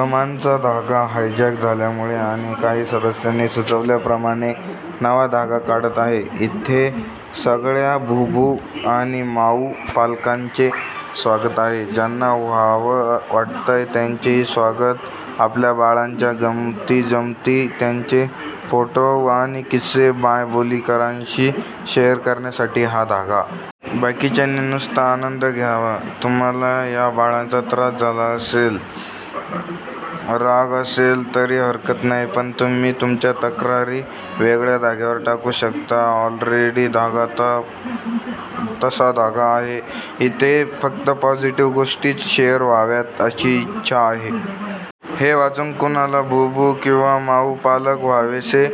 अमांचा धागा हायजॅक झाल्यामुळे आणि काही सदस्यांनी सुचवल्याप्रमाणे नवा धागा काढत आहे. इथे सगळ्या भूभू आणि माऊ पालकांचे स्वागत आहे. ज्यांना व्हावं वाटतय त्यांचेही स्वागत आपल्या बाळांच्या गमंती जमती, त्यांचे फोटो आणि किस्से मायबोलीकरांशी शेअर करण्यासाठी हा धागा. बाकीच्यांनी नुसता आनंद घ्यावा. तुम्हाला या बाळांचा त्रास झाला असेल, राग असेल तरी हरकत नाही. पण तुम्ही तुमच्या तक्रारी वेगळ्या धाग्यावर टाकू शकता. ऑलरेडी तसा धागा आहे. इथे फक्त पॉझीटीव्ह गोष्टीच शेअर व्हाव्यात अशी इच्छा आहे. हे वाचून कुणाला भूभू किंवा माऊ पालक व्हावेसे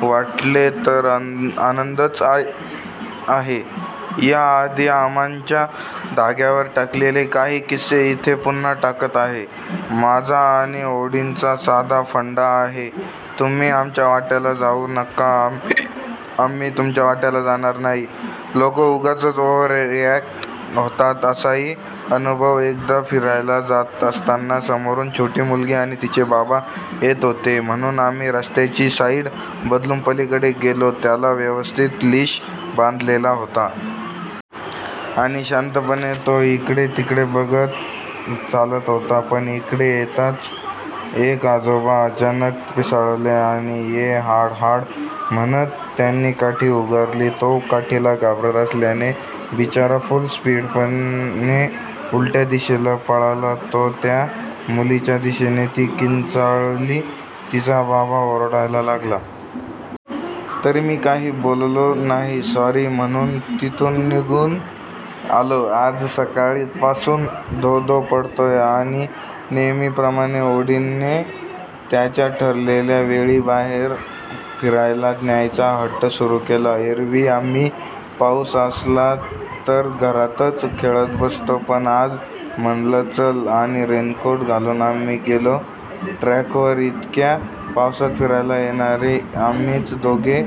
वाटले तर आनंदच आहे. या आधी अमांच्या धाग्यावर टाकलेले काही किस्से इथे पुन्हा टाकत आहे. माझा आणि ओडीन चा साधा फंडा आहे तुम्ही आमच्या वाट्याला जाऊ नका आम्ही तुमच्या वाट्याला जाणार नाही लोकं उगाचच ओव्हररिऍक्ट होतात असाही अनुभव एकदा फिरायला जात असताना समोरून छोटी मुलगी आणि तिचे बाबा येत होते म्हणून आम्ही रस्त्याची साईड बदलून पलीकडे गेलो त्याला व्यवस्थित लीश बांधलेला होता. आणि शांतपणे तो इकडे तिकडे बघत चालत होता पण इकडे येताच एक आजोबा अचानक पिसाळले आणि ए हाड हाड म्हणत त्यांनी काठी उगारली तो काठीला घाबरत असल्याने बिचारा फुल स्पीडणे उलट्या दिशेला पळाला तो त्या मुलीच्या दिशेने ती किंचाळली तिचा बाबा ओरडायला लागला. तरी मी काही बोललो नाही सॉरी म्हणून तिथून निघून आलो आज सकाळपासून धोधो पडतोय आणि नेहमीप्रमाणे ओडीन ने त्याच्या ठरलेल्या वेळी बाहेर फिरायला न्यायचा हट्ट सुरू केला एरवी आम्ही पाऊस असला तर घरातच खेळतबसतो पण आज म्हणलं चल आणि रेनकोट घालून आम्ही गेलो ट्रॅक वर इतक्या पावसात फिरायला येणारे आम्हीच दोघे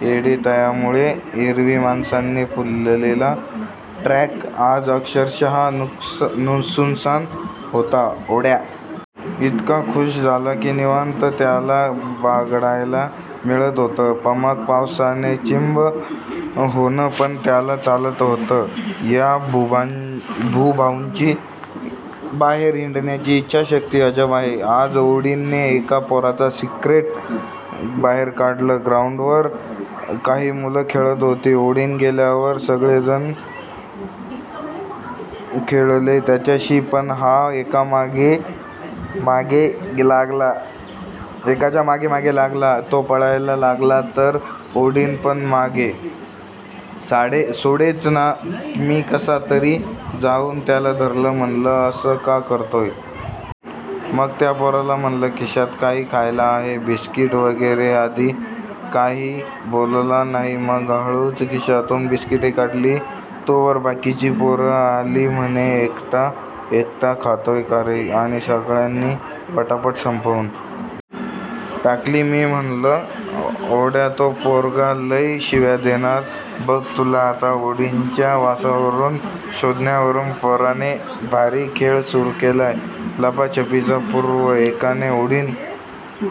येडे तयामुळे एरवी माणसांनी फुललेला ट्रॅक आज अक्षरशः सुनसान होता.ओड्या इतका खुष झाला की निवांत त्याला बागडायला मिळत होत. मग पावसाने चिंब होणं पण त्याला चालत होत या भूभाऊंची बाहेर हिंडण्याची इच्छाशक्ती अजब आहे. आज ओडीन ने एका पोराचा सिक्रेट बाहेर काढलं ग्राउंड वर काही मुलं खेळत होती, ओडीन गेल्यावर सगळे जण खेळले त्याच्याशी पण हा एकाच्या मागेमागे लागला, तो पळायला लागला तर ओडिन पण मागे, सोडेच ना मी कसातरी जाऊन त्याला धरलं म्हणलं असं का करतोय?? मग त्या पोराला म्हणलं खिशात काही खायला आहे बिस्कीट वगैर आधी काही बोलला नाही मग हळूच खिशातून बिस्किटे काढली तोवर बाकीची पोरं आली म्हणे एकटा एकटा खातोय का रे आणि सगळ्यानी पटापट संपवून टाकली मी म्हणलं, ओड्या तो पोरगा लै शिव्या देणार बघ तूला आता ओडीन च्या वासावरून शोधण्यावरून पोराने भारी खेळ सुरू केलाय, लपाछपी चा पूर्वी एकाने ओडीन--